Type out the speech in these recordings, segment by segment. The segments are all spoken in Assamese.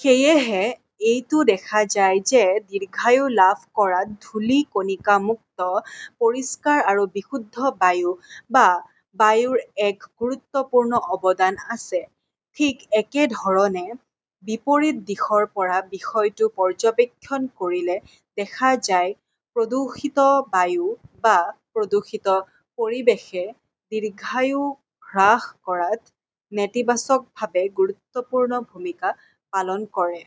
সেয়েহে, এইটো দেখা যায় যে দীৰ্ঘায়ু লাভ কৰাত ধূলি কণিকামুক্ত পৰিষ্কাৰ আৰু বিশুদ্ধ বায়ু বা বায়ুৰ এক গুৰুত্বপূৰ্ণ অৱদান আছে। ঠিক একেধৰণে, বিপৰীত দিশৰ পৰা বিষয়টো পৰ্যবেক্ষণ কৰিলে দেখা যায়, প্ৰদূষিত বায়ু বা প্ৰদূষিত পৰিৱেশে দীৰ্ঘায়ু হ্ৰাস কৰাত নেতিবাচকভাৱে গুৰুত্বপূৰ্ণ ভূমিকা পালন কৰে।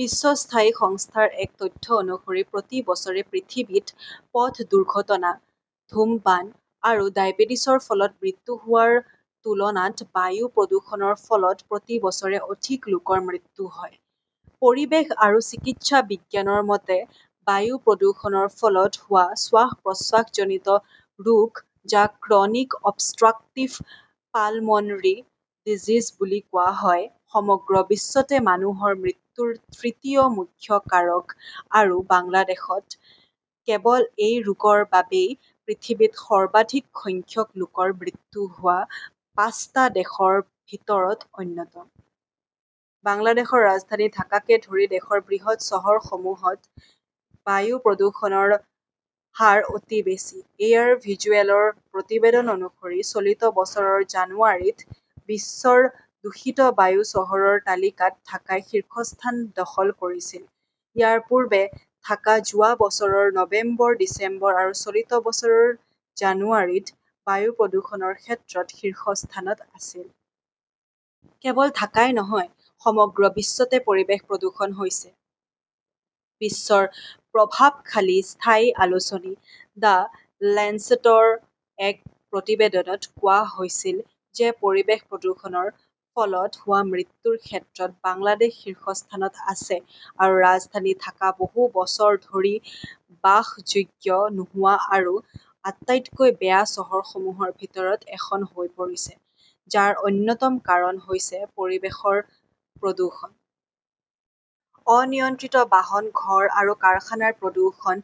বিশ্ব স্থায়ী সংস্থাৰ এক তথ্য অনুসৰি, প্ৰতি বছৰে পৃথিৱীত পথ দুৰ্ঘটনা, ধূমপান আৰু ডায়েবেটিছৰ ফলত মৃত্যু হোৱাৰ তুলনাত বায়ু প্ৰদূষণৰ ফলত প্ৰতি বছৰে অধিক লোকৰ মৃত্যু হয়। পৰিৱেশ আৰু চিকিৎসা বিজ্ঞানৰ মতে, বায়ু প্ৰদূষণৰ ফলত হোৱা শ্বাস-প্ৰশ্বাসজনিত ৰোগ, যাক ক্ৰনিক অবষ্ট্ৰাকটিভ পালমোনৰী ডিজিজ বুলি কোৱা হয়, সমগ্ৰ বিশ্বতে মানুহৰ মৃত্যুৰ তৃতীয় মুখ্য কাৰক আৰু বাংলাদেশত কেৱল এই ৰোগৰ বাবেই পৃথিৱীত সৰ্বাধিক সংখ্যক লোকৰ মৃত্যু হোৱা পাঁচটা দেশৰ ভিতৰত অন্যতম। বাংলাদেশৰ ৰাজধানী ঢাকাকে ধৰি দেশৰ বৃহৎ চহৰসমূহত বায়ু প্ৰদূষণৰ হাৰ অতি বেছি। এয়াৰ ভিজুৱেলৰ প্ৰতিবেদন অনুসৰি, চলিত বছৰৰ জানুৱাৰীত বিশ্বৰ দূষিত বায়ু চহৰৰ তালিকাত ঢাকাই শীৰ্ষস্থান দখল কৰিছিল। ইয়াৰ পূৰ্বে ঢাকা যোৱা বছৰৰ নৱেম্বৰ, ডিচেম্বৰ আৰু চলিত বছৰৰ জানুৱাৰীত বায়ু প্ৰদূষণৰ ক্ষেত্ৰত শীৰ্ষ স্থানত আছিল। কেৱল ঢাকাই নহয়, সমগ্ৰ দেশতে পৰিৱেশ প্ৰদূষণ হৈছে। বিশ্বৰ প্ৰভাৱশালী স্বাস্থ্য আলোচনী দ্য লেঞ্চেটৰ এক প্ৰতিবেদনত কোৱা হৈছিল যে পৰিৱেশ প্ৰদূষণৰ ফলত হোৱা মৃত্যুৰ ক্ষেত্ৰত বাংলাদেশ শীৰ্ষস্থানত আছে আৰু ৰাজধানী ঢাকা বহু বছৰ ধৰি বাসযোগ্য নোহোৱা আৰু আটাইতকৈ বেয়া চহৰসমূহৰ ভিতৰত এখন হৈ পৰিছে, যাৰ অন্যতম কাৰণ হৈছে পৰিৱেশৰ প্ৰদূষণ। অনিয়ন্ত্ৰিত বাহন, ঘৰ আৰু কাৰখানাৰ প্ৰদূষণ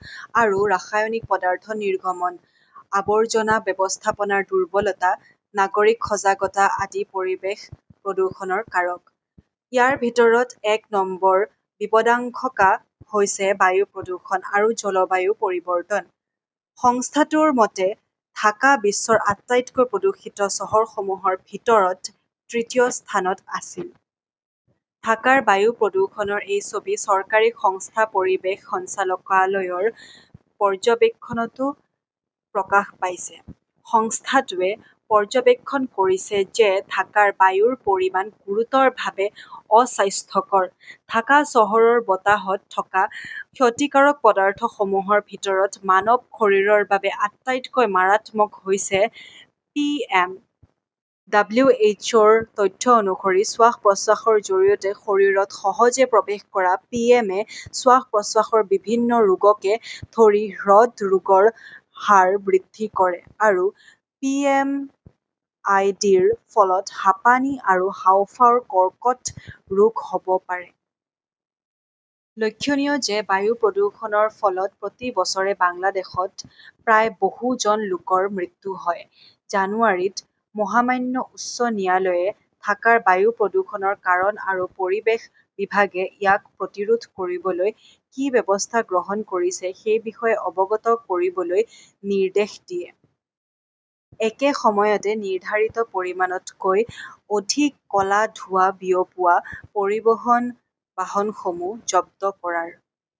আৰু ৰাসায়নিক পদাৰ্থ নিৰ্গমন, আৱৰ্জনা ব্যৱস্থাপনাৰ দুৰ্বলতা, নাগৰিক সজাগতা আদি পৰিৱেশ প্ৰদূষণৰ কাৰক। ইয়াৰ ভিতৰত এক নম্বৰ বিপদাশংকা হৈছে বায়ু প্ৰদূষণ আৰু জলবায়ু পৰিৱৰ্তন। সংস্থাটোৰ মতে ঢাকা বিশ্বৰ আটাইতকৈ প্ৰদূষিত চহৰসমূহৰ ভিতৰত তৃতীয় স্থানত আছিল। ঢাকাৰ বায়ু প্ৰদূষণৰ এই ছবি চৰকাৰী সংস্থা পৰিৱেশ সঞ্চালকালয়ৰ পৰ্যবেক্ষণতো প্ৰকাশ পাইছে। সংস্থাটোৱে পৰ্যবেক্ষণ কৰিছে যে ঢাকাৰ বায়ুৰ পৰিমাণ গুৰুতৰভাৱে অস্বাস্থ্যকৰ। ঢাকা চহৰৰ বতাহত থকা ক্ষতিকাৰক পদাৰ্থসমূহৰ ভিতৰত মানৱ শৰীৰৰ বাবে আটাইতকৈ মাৰাত্মক হৈছে পিএম । ডব্লিউ. এইচ. অ ' ৰ তথ্য অনুসৰি, শ্বাস-প্ৰশ্বাসৰ জৰিয়তে শৰীৰত সহজে প্ৰৱেশ কৰা পিএম - এ শ্বাস-প্ৰশ্বাসৰ বিভিন্ন ৰোগকে ধৰি হৃদৰোগৰ হাৰ বৃদ্ধি কৰে আৰু পিএম আই. ডি.ৰ ফলত হাঁপানি আৰু হাঁওফাঁওৰ কৰ্কট ৰোগ হ' ব পাৰে। লক্ষণীয় যে বায়ু প্ৰদূষণৰ ফলত প্ৰতি বছৰে বাংলাদেশত প্ৰায় বহু জন লোকৰ মৃত্যু হয়। জানুৱাৰীত মহামান্য উচ্চ ন্যায়ালয়ে ঢাকাৰ বায়ু প্ৰদূষণৰ কাৰণ আৰু পৰিৱেশ বিভাগে ইয়াক প্ৰতিৰোধ কৰিবলৈ কি ব্যৱস্থা গ্ৰহণ কৰিছে সেই বিষয়ে অৱগত কৰিবলৈ নিৰ্দেশ দিয়ে। একে সময়তে, নিৰ্ধাৰিত পৰিমাণতকৈ অধিক ক'লা ধোঁৱা বিয়পোৱা পৰিবহণ বাহনসমূহ জব্দ কৰাৰ